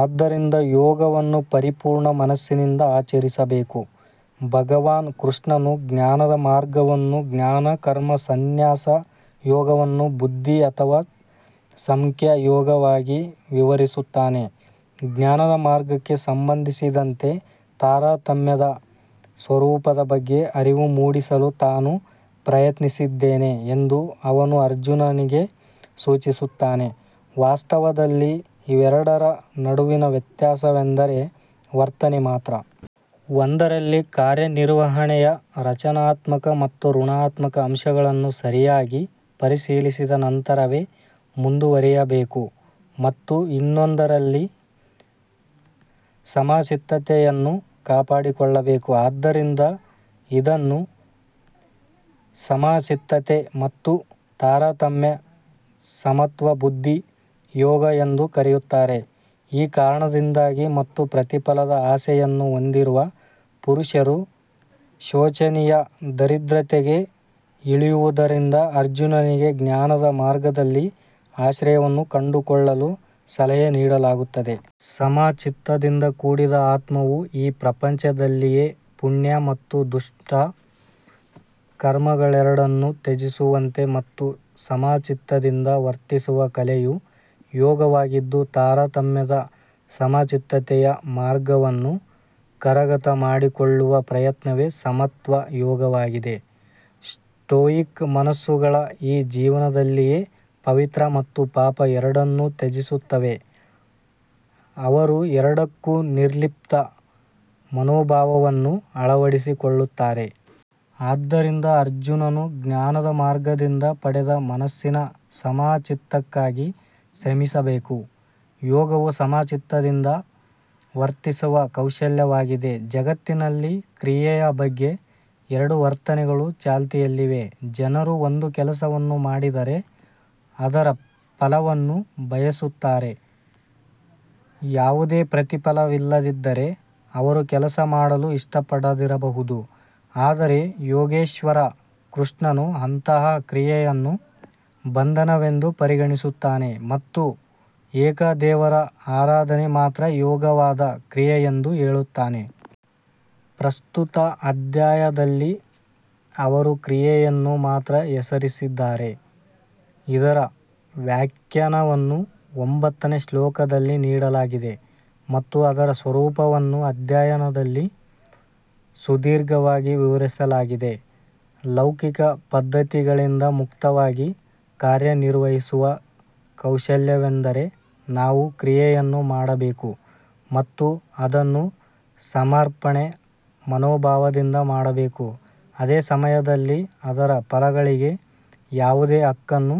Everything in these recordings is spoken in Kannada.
ಆದ್ದರಿಂದ ಯೋಗವನ್ನು ಪರಿಪೂರ್ಣ ಮನಸ್ಸಿನಿಂದ ಆಚರಿಸಬೇಕು. ಭಗವಾನ್ ಕೃಷ್ಣನು ಜ್ಞಾನದ ಮಾರ್ಗವನ್ನು ಜ್ಞಾನ ಕರ್ಮ ಸನ್ಯಾಸ ಯೋಗವನ್ನು ಬುದ್ಧಿ ಅಥವಾ ಸಾಂಖ್ಯ ಯೋಗವಾಗಿ ವಿವರಿಸುತ್ತಾನೆ. ಜ್ಞಾನದ ಮಾರ್ಗಕ್ಕೆ ಸಂಬಂಧಿಸಿದಂತೆ ತಾರತಮ್ಯದ ಸ್ವರೂಪದ ಬಗ್ಗೆ ಅರಿವು ಮೂಡಿಸಲು ತಾನು ಪ್ರಯತ್ನಿಸಿದ್ದೇನೆ ಎಂದು ಅವನು ಅರ್ಜುನನಿಗೆ ಸೂಚಿಸುತ್ತಾನೆ. ವಾಸ್ತವದಲ್ಲಿ ಇವೆರಡರ ನಡುವಿನ ವ್ಯತ್ಯಾಸವೆಂದರೆ ವರ್ತನೆ ಮಾತ್ರ. ಒಂದರಲ್ಲಿ ಕಾರ್ಯನಿರ್ವಹಣೆಯ ರಚನಾತ್ಮಕ ಮತ್ತು ಋಣಾತ್ಮಕ ಅಂಶಗಳನ್ನು ಸರಿಯಾಗಿ ಪರಿಶೀಲಿಸಿದ ನಂತರವೇ ಮುಂದುವರಿಯಬೇಕು ಮತ್ತು ಇನ್ನೊಂದರಲ್ಲಿ ಸಮಚಿತ್ತತೆಯನ್ನು ಕಾಪಾಡಿಕೊಳ್ಳಬೇಕು. ಆದ್ದರಿಂದ ಇದನ್ನು ಸಮಚಿತ್ತತೆ ಮತ್ತು ತಾರತಮ್ಯ ಸಮತ್ವ ಬುದ್ಧಿ ಯೋಗ ಎಂದೂ ಕರೆಯುತ್ತಾರೆ. ಈ ಕಾರಣದಿಂದಾಗಿ ಮತ್ತು ಪ್ರತಿಫಲದ ಆಸೆಯನ್ನು ಹೊಂದಿರುವ ಪುರುಷರು ಶೋಚನೀಯ ದರಿದ್ರತೆಗೆ ಇಳಿಯುವುದರಿಂದ ಅರ್ಜುನನಿಗೆ ಜ್ಞಾನದ ಮಾರ್ಗದಲ್ಲಿ ಆಶ್ರಯವನ್ನು ಕಂಡುಕೊಳ್ಳಲು ಸಲಹೆ ನೀಡಲಾಗುತ್ತದೆ. ಸಮಚಿತ್ತದಿಂದ ಕೂಡಿದ ಆತ್ಮವು ಈ ಪ್ರಪಂಚದಲ್ಲಿಯೇ ಪುಣ್ಯ ಮತ್ತು ದುಷ್ಟ ಕರ್ಮಗಳೆರಡನ್ನೂ ತ್ಯಜಿಸುವಂತೆ ಮತ್ತು ಸಮಚಿತ್ತದಿಂದ ವರ್ತಿಸುವ ಕಲೆಯು ಯೋಗವಾಗಿದ್ದು ತಾರತಮ್ಯದ ಸಮಚಿತ್ತತೆಯ ಮಾರ್ಗವನ್ನು ಕರಗತ ಮಾಡಿಕೊಳ್ಳುವ ಪ್ರಯತ್ನವೇ ಸಮತ್ವ ಯೋಗವಾಗಿದೆ. ಸ್ಟೋಯಿಕ್ ಮನಸ್ಸುಗಳು ಈ ಜೀವನದಲ್ಲಿಯೇ ಪವಿತ್ರ ಮತ್ತು ಪಾಪ ಎರಡನ್ನೂ ತ್ಯಜಿಸುತ್ತವೆ. ಅವರು ಎರಡಕ್ಕೂ ನಿರ್ಲಿಪ್ತ ಮನೋಭಾವವನ್ನು ಅಳವಡಿಸಿಕೊಳ್ಳುತ್ತಾರೆ. ಆದ್ದರಿಂದ ಅರ್ಜುನನು ಜ್ಞಾನದ ಮಾರ್ಗದಿಂದ ಪಡೆದ ಮನಸ್ಸಿನ ಸಮಚಿತ್ತಕ್ಕಾಗಿ ಶ್ರಮಿಸಬೇಕು. ಯೋಗವು ಸಮಚಿತ್ತದಿಂದ ವರ್ತಿಸುವ ಕೌಶಲ್ಯವಾಗಿದೆ. ಜಗತ್ತಿನಲ್ಲಿ ಕ್ರಿಯೆಯ ಬಗ್ಗೆ ಎರಡು ವರ್ತನೆಗಳು ಚಾಲ್ತಿಯಲ್ಲಿವೆ. ಜನರು ಒಂದು ಕೆಲಸವನ್ನು ಮಾಡಿದರೆ ಅದರ ಫಲವನ್ನೂ ಬಯಸುತ್ತಾರೆ. ಯಾವುದೇ ಪ್ರತಿಫಲವಿಲ್ಲದಿದ್ದರೆ ಅವರು ಕೆಲಸ ಮಾಡಲು ಇಷ್ಟಪಡದಿರಬಹುದು. ಆದರೆ ಯೋಗೇಶ್ವರ ಕೃಷ್ಣನು ಅಂತಹ ಕ್ರಿಯೆಯನ್ನು ಬಂಧನವೆಂದು ಪರಿಗಣಿಸುತ್ತಾನೆ ಮತ್ತು ಏಕ ದೇವರ ಆರಾಧನೆ ಮಾತ್ರ ಯೋಗ್ಯವಾದ ಕ್ರಿಯೆ ಎಂದು ಹೇಳುತ್ತಾನೆ. ಪ್ರಸ್ತುತ ಅಧ್ಯಾಯದಲ್ಲಿ ಅವರು ಕ್ರಿಯೆಯನ್ನು ಮಾತ್ರ ಹೆಸರಿಸಿದ್ದಾರೆ. ಇದರ ವ್ಯಾಖ್ಯಾನವನ್ನು ಒಂಬತ್ತನೇ ಶ್ಲೋಕದಲ್ಲಿ ನೀಡಲಾಗಿದೆ ಮತ್ತು ಅದರ ಸ್ವರೂಪವನ್ನು ಅಧ್ಯಾಯದಲ್ಲಿ ಸುದೀರ್ಘವಾಗಿ ವಿವರಿಸಲಾಗಿದೆ. ಲೌಕಿಕ ಪದ್ಧತಿಗಳಿಂದ ಮುಕ್ತವಾಗಿ ಕಾರ್ಯನಿರ್ವಹಿಸುವ ಕೌಶಲ್ಯವೆಂದರೆ ನಾವು ಕ್ರಿಯೆಯನ್ನು ಮಾಡಬೇಕು ಮತ್ತು ಅದನ್ನು ಸಮರ್ಪಣಾ ಮನೋಭಾವದಿಂದ ಮಾಡಬೇಕು. ಅದೇ ಸಮಯದಲ್ಲಿ ಅದರ ಫಲಗಳಿಗೆ ಯಾವುದೇ ಹಕ್ಕನ್ನು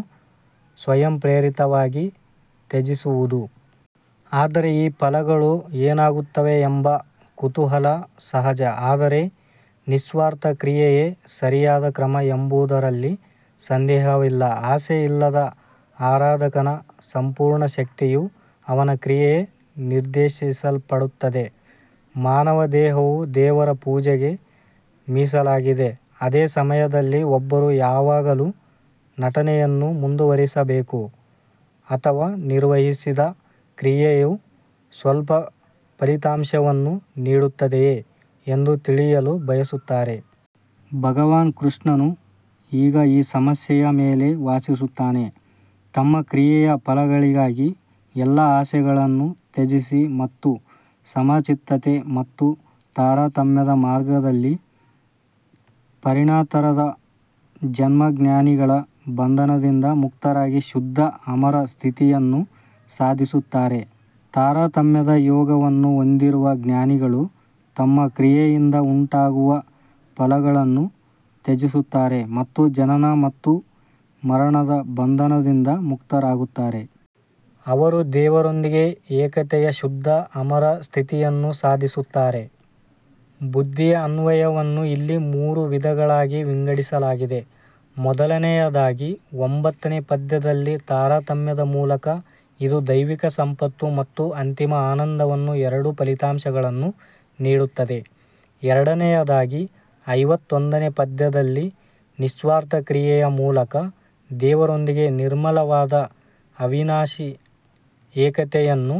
ಸ್ವಯಂಪ್ರೇರಿತವಾಗಿ ತ್ಯಜಿಸುವುದು. ಆದರೆ ಈ ಫಲಗಳು ಏನಾಗುತ್ತವೆ ಎಂಬ ಕುತೂಹಲ ಸಹಜ. ಆದರೆ ನಿಸ್ವಾರ್ಥ ಕ್ರಿಯೆಯೇ ಸರಿಯಾದ ಕ್ರಮ ಎಂಬುದರಲ್ಲಿ ಸಂದೇಹವಿಲ್ಲ. ಆಸೆಯಿಲ್ಲದ ಆರಾಧಕನ ಸಂಪೂರ್ಣ ಶಕ್ತಿಯು ಅವನ ಕ್ರಿಯೆಗೆ ನಿರ್ದೇಶಿಸಲ್ಪಡುತ್ತದೆ. ಮಾನವ ದೇಹವು ದೇವರ ಪೂಜೆಗೆ ಮೀಸಲಾಗಿದೆ. ಅದೇ ಸಮಯದಲ್ಲಿ ಒಬ್ಬರು ಯಾವಾಗಲೂ ನಟನೆಯನ್ನು ಮುಂದುವರಿಸಬೇಕೇ ಅಥವಾ ನಿರ್ವಹಿಸಿದ ಕ್ರಿಯೆಯು ಸ್ವಲ್ಪ ಫಲಿತಾಂಶವನ್ನು ನೀಡುತ್ತದೆಯೇ ಎಂದು ತಿಳಿಯಲು ಬಯಸುತ್ತಾರೆ. ಭಗವಾನ್ ಕೃಷ್ಣನು ಈಗ ಈ ಸಮಸ್ಯೆಯ ಮೇಲೆ ವಾಸಿಸುತ್ತಾನೆ. ತಮ್ಮ ಕ್ರಿಯೆಯ ಫಲಗಳಿಗಾಗಿ ಎಲ್ಲಾ ಆಸೆಗಳನ್ನು ತ್ಯಜಿಸಿ ಮತ್ತು ಸಮಚಿತ್ತತೆ ಮತ್ತು ತಾರತಮ್ಯದ ಮಾರ್ಗದಲ್ಲಿ ಪರಿಣತರಾದ ಜನ್ಮ ಜ್ಞಾನಿಗಳ ಬಂಧನದಿಂದ ಮುಕ್ತರಾಗಿ ಶುದ್ಧ ಅಮರ ಸ್ಥಿತಿಯನ್ನು ಸಾಧಿಸುತ್ತಾರೆ. ತಾರತಮ್ಯದ ಯೋಗವನ್ನು ಹೊಂದಿರುವ ಜ್ಞಾನಿಗಳು ತಮ್ಮ ಕ್ರಿಯೆಯಿಂದ ಉಂಟಾಗುವ ಫಲಗಳನ್ನು ತ್ಯಜಿಸುತ್ತಾರೆ ಮತ್ತು ಜನನ ಮತ್ತು ಮರಣದ ಬಂಧನದಿಂದ ಮುಕ್ತರಾಗುತ್ತಾರೆ. ಅವರು ದೇವರೊಂದಿಗೆ ಏಕತೆಯ ಶುದ್ಧ ಅಮರ ಸ್ಥಿತಿಯನ್ನು ಸಾಧಿಸುತ್ತಾರೆ. ಬುದ್ಧಿಯ ಅನ್ವಯವನ್ನು ಇಲ್ಲಿ ಮೂರು ವಿಧಗಳಾಗಿ ವಿಂಗಡಿಸಲಾಗಿದೆ. ಮೊದಲನೆಯದಾಗಿ ಒಂಬತ್ತನೇ ಪದ್ಯದಲ್ಲಿನ ತಾರತಮ್ಯದ ಮೂಲಕ ಇದು ದೈವಿಕ ಸಂಪತ್ತು ಮತ್ತು ಅಂತಿಮ ಆನಂದವನ್ನು ಎರಡು ಫಲಿತಾಂಶಗಳನ್ನು ನೀಡುತ್ತದೆ. ಎರಡನೆಯದಾಗಿ ಐವತ್ತೊಂದನೇ ಪದ್ಯದಲ್ಲಿ ನಿಸ್ವಾರ್ಥ ಕ್ರಿಯೆಯ ಮೂಲಕ ದೇವರೊಂದಿಗೆ ನಿರ್ಮಲವಾದ ಅವಿನಾಶಿ ಏಕತೆಯನ್ನು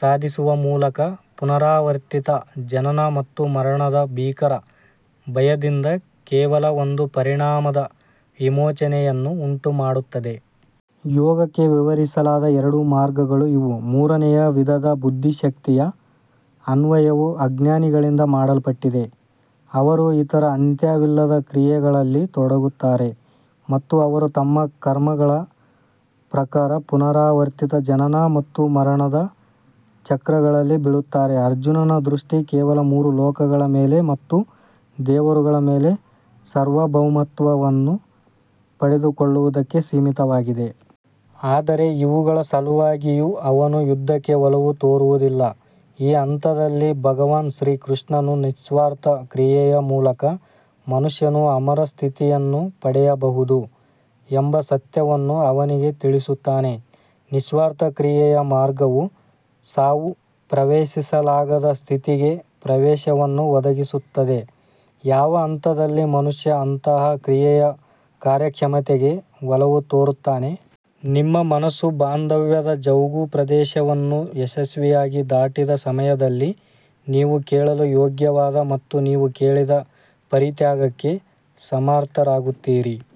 ಸಾಧಿಸುವ ಮೂಲಕ ಪುನರಾವರ್ತಿತ ಜನನ ಮತ್ತು ಮರಣದ ಭೀಕರ ಭಯದಿಂದ ಕೇವಲ ಒಂದು ಪರಿಣಾಮದ ವಿಮೋಚನೆಯನ್ನು ಉಂಟುಮಾಡುತ್ತದೆ. ಯೋಗಕ್ಕೆ ವಿವರಿಸಲಾದ ಎರಡು ಮಾರ್ಗಗಳು ಇವು. ಮೂರನೆಯ ವಿಧದ ಬುದ್ಧಿಶಕ್ತಿಯ ಅನ್ವಯವು ಅಜ್ಞಾನಿಗಳಿಂದ ಮಾಡಲ್ಪಟ್ಟಿದೆ. ಅವರು ಇತರ ಅಂತ್ಯವಿಲ್ಲದ ಕ್ರಿಯೆಗಳಲ್ಲಿ ತೊಡಗುತ್ತಾರೆ ಮತ್ತು ಅವರು ತಮ್ಮ ಕರ್ಮಗಳ ಪ್ರಕಾರ ಪುನರಾವರ್ತಿತ ಜನನ ಮತ್ತು ಮರಣದ ಚಕ್ರಗಳಲ್ಲಿ ಬೀಳುತ್ತಾರೆ. ಅರ್ಜುನನ ದೃಷ್ಟಿ ಕೇವಲ ಮೂರು ಲೋಕಗಳ ಮೇಲೆ ಮತ್ತು ದೇವರುಗಳ ಮೇಲೆ ಸಾರ್ವಭೌಮತ್ವವನ್ನು ಪಡೆದುಕೊಳ್ಳುವುದಕ್ಕೆ ಸೀಮಿತವಾಗಿದೆ. ಆದರೆ ಇವುಗಳ ಸಲುವಾಗಿಯೂ ಅವನು ಯುದ್ಧಕ್ಕೆ ಒಲವು ತೋರುವುದಿಲ್ಲ. ಈ ಹಂತದಲ್ಲಿ ಭಗವಾನ್ ಶ್ರೀಕೃಷ್ಣನು ನಿಸ್ವಾರ್ಥ ಕ್ರಿಯೆಯ ಮೂಲಕ ಮನುಷ್ಯನು ಅಮರ ಸ್ಥಿತಿಯನ್ನು ಪಡೆಯಬಹುದು ಎಂಬ ಸತ್ಯವನ್ನು ಅವನಿಗೆ ತಿಳಿಸುತ್ತಾನೆ. ನಿಸ್ವಾರ್ಥ ಕ್ರಿಯೆಯ ಮಾರ್ಗವು ಸಾವು ಪ್ರವೇಶಿಸಲಾಗದ ಸ್ಥಿತಿಗೆ ಪ್ರವೇಶವನ್ನು ಒದಗಿಸುತ್ತದೆ. ಯಾವ ಹಂತದಲ್ಲಿ ಮನುಷ್ಯ ಅಂತಹ ಕ್ರಿಯೆಯ ಕಾರ್ಯಕ್ಷಮತೆಗೆ ಒಲವು ತೋರುತ್ತಾನೆ. ನಿಮ್ಮ ಮನಸ್ಸು ಬಾಂಧವ್ಯದ ಜೌಗುಪ್ರದೇಶವನ್ನು ಯಶಸ್ವಿಯಾಗಿ ದಾಟಿದ ಸಮಯದಲ್ಲಿ ನೀವು ಕೇಳಲು ಯೋಗ್ಯವಾದ ಮತ್ತು ನೀವು ಕೇಳಿದ ಪರಿತ್ಯಾಗಕ್ಕೆ ಸಮರ್ಥರಾಗುತ್ತೀರಿ.